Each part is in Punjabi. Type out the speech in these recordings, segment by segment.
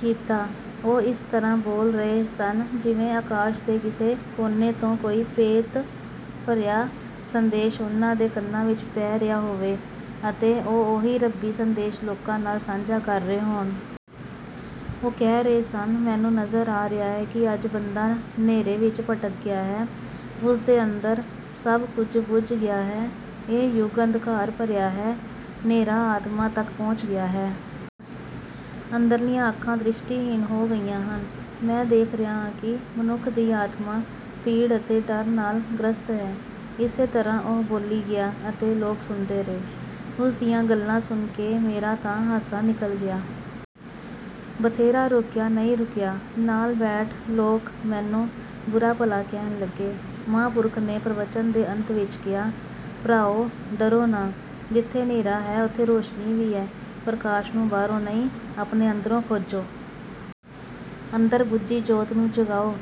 ਕੀਤਾ। ਉਹ ਇਸ ਤਰ੍ਹਾਂ ਬੋਲ ਰਹੇ ਸਨ ਜਿਵੇਂ ਆਕਾਸ਼ ਦੇ ਕਿਸੇ ਕੋਨੇ ਤੋਂ ਕੋਈ ਭੇਤ ਭਰਿਆ ਸੰਦੇਸ਼ ਉਨ੍ਹਾਂ ਦੇ ਕੰਨਾਂ ਵਿੱਚ ਪੈ ਰਿਹਾ ਹੋਵੇ ਅਤੇ ਉਹ ਉਹੀ ਰੱਬੀ ਸੰਦੇਸ਼ ਲੋਕਾਂ ਨਾਲ ਸਾਂਝਾ ਕਰ ਰਹੇ ਹੋਣ। ਉਹ ਕਹਿ ਰਹੇ ਸਨ, "ਮੈਨੂੰ ਨਜ਼ਰ ਆ ਰਿਹਾ ਹੈ ਕਿ ਅੱਜ ਬੰਦਾ ਨ੍ਹੇਰੇ ਵਿੱਚ ਭਟਕ ਗਿਆ ਹੈ। ਉਸ ਦੇ ਅੰਦਰ ਸਭ ਕੁਝ ਬੁਝ ਗਿਆ ਹੈ। ਇਹ ਯੁੱਗ ਅੰਧਕਾਰ ਭਰਿਆ ਹੈ। ਨ੍ਹੇਰਾ ਆਤਮਾ ਤੱਕ ਪਹੁੰਚ ਗਿਆ ਹੈ। ਅੰਦਰਲੀਆਂ ਅੱਖਾਂ ਦ੍ਰਿਸ਼ਟੀਹੀਣ ਹੋ ਗਈਆਂ ਹਨ। ਮੈਂ ਦੇਖ ਰਿਹਾ ਹਾਂ ਕਿ ਮਨੁੱਖ ਦੀ ਆਤਮਾ ਪੀੜ ਅਤੇ ਡਰ ਨਾਲ ਗ੍ਰਸਤ ਹੈ।" ਇਸੇ ਤਰ੍ਹਾਂ ਉਹ ਬੋਲੀ ਗਿਆ ਅਤੇ ਲੋਕ ਸੁਣਦੇ ਰਹੇ। ਉਸ ਦੀਆਂ ਗੱਲਾਂ ਸੁਣ ਕੇ ਮੇਰਾ ਤਾਂ ਹਾਸਾ ਨਿਕਲ ਗਿਆ। ਬਥੇਰਾ ਰੋਕਿਆ, ਨਹੀਂ ਰੁਕਿਆ। ਨਾਲ ਬੈਠ ਲੋਕ ਮੈਨੂੰ ਬੁਰਾ-ਭਲਾ ਕਹਿਣ ਲੱਗੇ। ਮਹਾਂਪੁਰਖ ਨੇ ਪ੍ਰਵਚਨ ਦੇ ਅੰਤ ਵਿੱਚ ਕਿਹਾ, "ਭਰਾਓ ਡਰੋ ਨਾ। ਜਿੱਥੇ ਨ੍ਹੇਰਾ ਹੈ, ਉੱਥੇ ਰੌਸ਼ਨੀ ਵੀ ਹੈ। ਪ੍ਰਕਾਸ਼ ਨੂੰ ਬਾਹਰੋਂ ਨਹੀਂ ਆਪਣੇ ਅੰਦਰੋਂ ਖੋਜੋ। ਅੰਦਰ ਬੁਝੀ ਜੋਤ ਨੂੰ ਜਗਾਉ।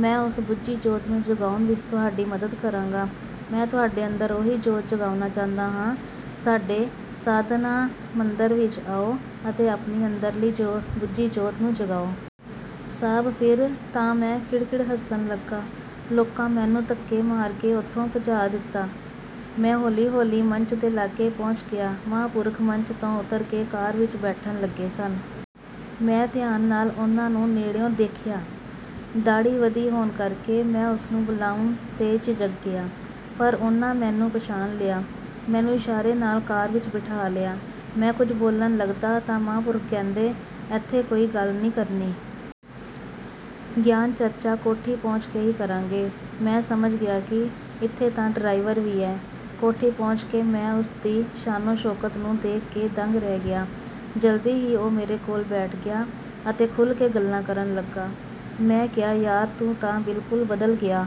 ਮੈਂ ਉਸ ਬੁਝੀ ਜੋਤ ਨੂੰ ਜਗਾਉਣ ਵਿੱਚ ਤੁਹਾਡੀ ਮਦਦ ਕਰਾਂਗਾ। ਮੈਂ ਤੁਹਾਡੇ ਅੰਦਰ ਉਹੀ ਜੋਤ ਜਗਾਉਣਾ ਚਾਹੁੰਦਾ ਹਾਂ। ਸਾਡੇ 'ਸਾਧਨਾ ਮੰਦਰ' ਵਿੱਚ ਆਉ ਅਤੇ ਆਪਣੀ ਅੰਦਰਲੀ ਬੁਝੀ ਜੋਤ ਨੂੰ ਜਗਾਉ।" ਸਾਬ੍ਹ ਫਿਰ ਤਾਂ ਮੈਂ ਖਿੜ ਖਿੜ ਹੱਸਣ ਲੱਗਾ। ਲੋਕਾਂ ਮੈਨੂੰ ਧੱਕੇ ਮਾਰ ਕੇ ਉੱਥੋਂ ਭਜਾ ਦਿੱਤਾ। ਮੈਂ ਹੌਲੀ ਹੌਲੀ ਮੰਚ ਦੇ ਲਾਗੇ ਪਹੁੰਚ ਗਿਆ। ਮਹਾਂਪੁਰਖ ਮੰਚ ਤੋਂ ਉੱਤਰ ਕੇ ਕਾਰ ਵਿੱਚ ਬੈਠਣ ਲੱਗੇ ਸਨ। ਮੈਂ ਧਿਆਨ ਨਾਲ ਉਨ੍ਹਾਂ ਨੂੰ ਨੇੜਿਉਂ ਦੇਖਿਆ। ਦਾੜ੍ਹੀ ਵਧੀ ਹੋਣ ਕਰਕੇ ਮੈਂ ਉਸ ਨੂੰ ਬੁਲਾਉਣ 'ਤੇ ਝਿਜਕ ਗਿਆ, ਪਰ ਉਨ੍ਹਾਂ ਮੈਨੂੰ ਪਛਾਣ ਲਿਆ। ਮੈਨੂੰ ਇਸ਼ਾਰੇ ਨਾਲ ਕਾਰ ਵਿੱਚ ਬਿਠਾ ਲਿਆ। ਮੈਂ ਕੁਝ ਬੋਲਣ ਲੱਗਦਾ ਤਾਂ ਮਹਾਂਪੁਰਖ ਕਹਿੰਦੇ, "ਐਥੇ ਕੋਈ ਗੱਲ ਨਹੀਂ ਕਰਨੀ। ਗਿਆਨ ਚਰਚਾ ਕੋਠੀ ਪਹੁੰਚ ਕੇ ਹੀ ਕਰਾਂਗੇ।" ਮੈਂ ਸਮਝ ਗਿਆ ਕਿ ਇੱਥੇ ਤਾਂ ਡਰਾਈਵਰ ਵੀ ਹੈ। ਕੋਠੀ ਪਹੁੰਚ ਕੇ ਮੈਂ ਉਸ ਦੀ ਸ਼ਾਨੋ-ਸ਼ੌਕਤ ਨੂੰ ਦੇਖ ਕੇ ਦੰਗ ਰਹਿ ਗਿਆ। ਜਲਦੀ ਹੀ ਉਹ ਮੇਰੇ ਕੋਲ ਬੈਠ ਗਿਆ ਅਤੇ ਖੁੱਲ੍ਹ ਕੇ ਗੱਲਾਂ ਕਰਨ ਲੱਗਾ। ਮੈਂ ਕਿਹਾ, "ਯਾਰ ਤੂੰ ਤਾਂ ਬਿਲਕੁਲ ਬਦਲ ਗਿਆ।"